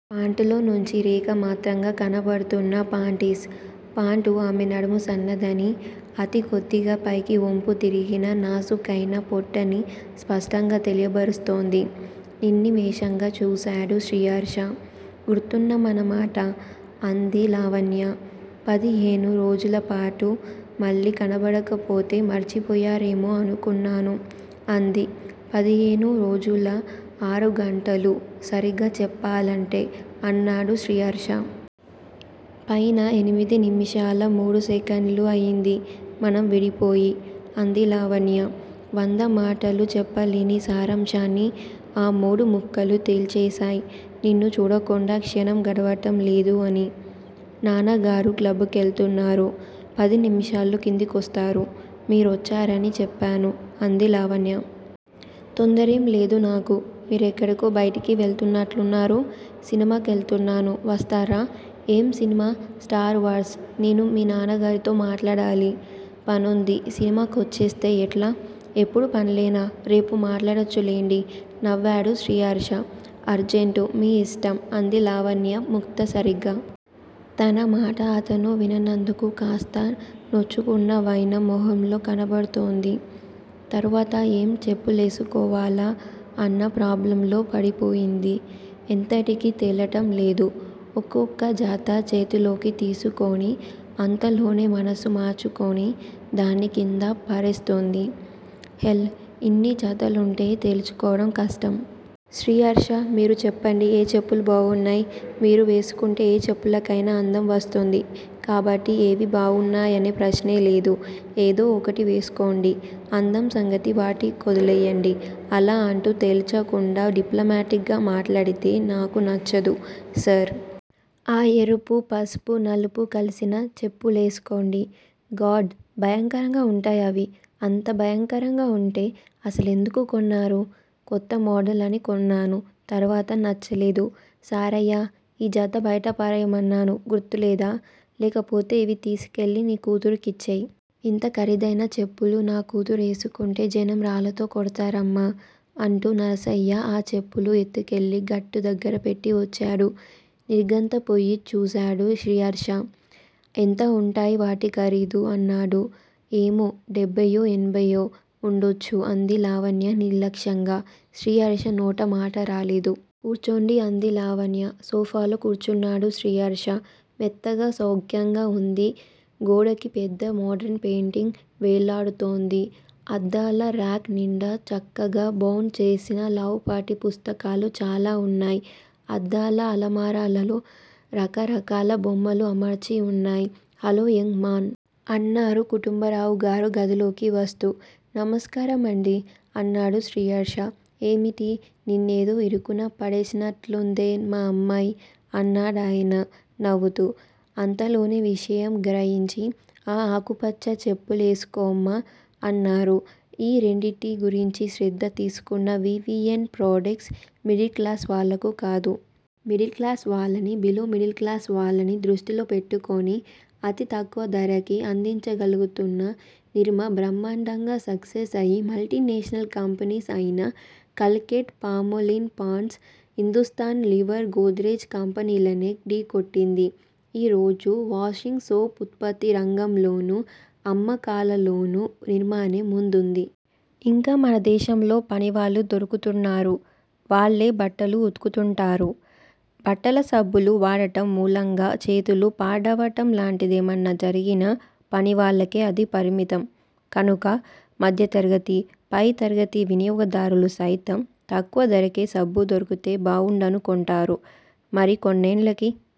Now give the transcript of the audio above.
పాంటులో నుంచి రేఖా మాత్రంగా కనబడుతున్న పాంటిస్. పాంటు ఆమె నడుము సన్నదని, అతి కొద్దిగా పైకి ఒంపు తిరిగిన నాజుకైనా పొట్టని స్పష్టంగా తెలియబరుస్తోంది. నిర్నిమేషంగా చూశాడు శ్రీహర్ష. గుర్తున్నామన్నమాట? అంది లావణ్య. పదిహేను రోజులపాటు మళ్ళీ కనబడకపోతే మర్చిపోయారేమో అనుకున్నాను. అంది. పదిహేను రోజుల ఆరుగంటలు- సరిగ్గా చెప్పాలంటే అన్నాడు శ్రీహర్ష. పైన ఎనిమిది నిమిషాల మూడు సెకండ్లు అయింది- మనం విడిపోయి అంది లావణ్య. వంద మాటలు చెప్పలేని సారాంశాన్ని ఆ మూడు ముక్కలూ తెల్చేశాయ్ నిన్ను చూడకుండా క్షణం గడవటం లేదు అని. నాన్నగారు క్లబ్బుకెళుతున్నారు. పదనిమిషాల్లో కింది కోస్తారు. మిరోచ్చారని చెప్పాను అంది లావణ్య. తొందరేం లేదు నాకు. మిరేక్కడికో బయటికి వెళుతున్నట్లున్నారు? సినిమా కెళుతున్నాను వస్తారా? ఏం సినిమా? స్టార్ వార్స్ నేను మీ న్నాన్నగారితో మాట్లాడాలి. పనుంది సినిమా కొచ్చేస్తే ఎట్లా? ఎప్పుడూ పన్లెనా? రేపు మాట్లాడొచ్చు లెండి! నవ్వాడు శ్రీహర్ష. అర్జెంటు మీ ఇష్టం! అంది లావణ్య ముక్తసరిగా. తన మాట అతను విననందుకు కాస్త నొచ్చుకున్న వైనం మోహంలో కనబడుతోంది. తర్వాత ఏం చెప్పులేసుకోవాలా అన్న ప్రాబ్లెంలో పడిపోయింది. ఎంతకీ తేలటం లేదు. ఒక్కొక్కో జతా చేతిలోకి తీసుకుని, అంతలోనే మనసు మార్చుకుని దాన్ని కింద పారేస్తోంది. హెల్! ఇన్ని జతలుంటే తేల్చుకోవడం కష్టం. శ్రీహర్షా! మీరు చెప్పండి ఏ చెప్పులు బాగున్నాయ్? మీరు వేసుకుంటే ఏ చెప్పులకైన అందం వస్తుంది. కాబట్టి ఏవి బాగున్నాయనే ప్రశ్నే లేదు. ఏదో ఒకటి వేసేసుకొండి. అందం సంగతి వాటి కోదిలేయ్యండి. అలా ఎటూ తేల్చకుండా డిప్లమాటిక్ గా మాట్లాడితే నాకు నచ్చదు. సరే! ఆ ఎరుపూ, పసుపూ, నలుపూ కలిసిన చెప్పు లేసుకోండి. గాడ్? భయంకరంగా ఉంటాయవి. అంత భయంకరంగా ఉంటె అసలెందుకు కొన్నారు? కొత్త మోడల్ అని కొన్నాను. తర్వాత నచ్చలేదు. నర్సయ్యా ఈ జత బయట పారేయ్యమన్నాను గుర్తులేదా? లేకపోతే ఇవి తీసుకెళ్ళి నీ కూతురు కిచ్చెయ్. ఇంత ఖరీదైన చెప్పులు నా కూతురేసుకుంటే జనం రాళ్ళతో కొడతారమ్మా! అంటూ నర్సయ్య ఆ చెప్పులు ఎత్తుకెళ్ళి గేటు దగ్గర పెట్టి వచ్చాడు. నిర్ఘాంతపోయి చూశాడు శ్రీహర్ష. ఎంత ఉంటుంది వాటి ఖరీదు? అన్నాడు. ఏమో! డెబ్బయ్యో, ఎనభయ్యో ఉండొచ్చు. అంది లావణ్య నిర్లక్ష్యంగా. శ్రీహర్ష నోట మాటరాలేదు. కూర్చోండి. అంది లావణ్య. సోఫాలో కూర్చున్నాడు శ్రీహర్ష. మెత్తగా సౌఖ్యంగా ఉంది. గోడకి పెద్ద మోడర్న్ పెయింటింగ్ వేలాడుతోంది. అద్దాల రాక్ నిండా చక్కగా బౌండ్ చేసిన లావుపాటి పుస్తకాలు చాలా ఉన్నాయి. అద్దాల అలమారాలో రకరకాల బొమ్మలు అమర్చి ఉన్నాయి. Hello young man! అన్నారు కుటుంబరావుగారు గదిలోకి వస్తూ. నమస్కారమండి! అన్నాడు శ్రీహర్ష. ఏమిటి? నిన్నేదో ఇరుకున పడేసినట్లుందే మా అమ్మాయ్? అన్నాడాయన నవ్వుతూ. అంతలోనే విషయం గ్రహించి, ఆ ఆకుపచ్చ చెప్పులేసుకొమ్మా అన్నారు. ఈ రెండింటి గురించి శ్రద్ధ తీసుకున్న V. V. N. Products middle class వాళ్ళకు కాదు. మిడిల్ క్లాస్ వాళ్ళని, బిలో మిడిల్ క్లాస్ వాళ్ళనీ దృష్టిలో పెట్టుకొని అతి తక్కువ ధరకి అందించగలుగుతున్న నిర్మా బ్రహ్మాండంగా సక్సెస్ అయి మల్టీ నేషనల్ కంపెనీస్ అయిన Colgate Palmolive Pond's Hindustan Lever Godrej కంపెనీల్నే ఢీ కొట్టగలిగింది. ఈ రోజు వాషింగ్ సోప్ ఉత్పత్తి రంగంలోనూ అమ్మకాల్లోనూ నిర్మానే ముందుంది. ఇంకా మనదేశంలో పనివాళ్ళు దొరుకుతున్నారు- వాళ్ళే బట్టలు ఉతుకుతుంటారు. బట్టల సబ్బులు వాడడం మూలంగా చేతులు పాడవటం లాంటిదే మన్నా జరిగినా- పనివాళ్ళకే అది పరిమితం. కనుక మధ్యతరగతి పై తరగతి వినియోగదారులు సైతం తక్కువ ధరకే సబ్బు దొరికితే బావుండను కొంటారు. మరి కొన్నేండ్లకి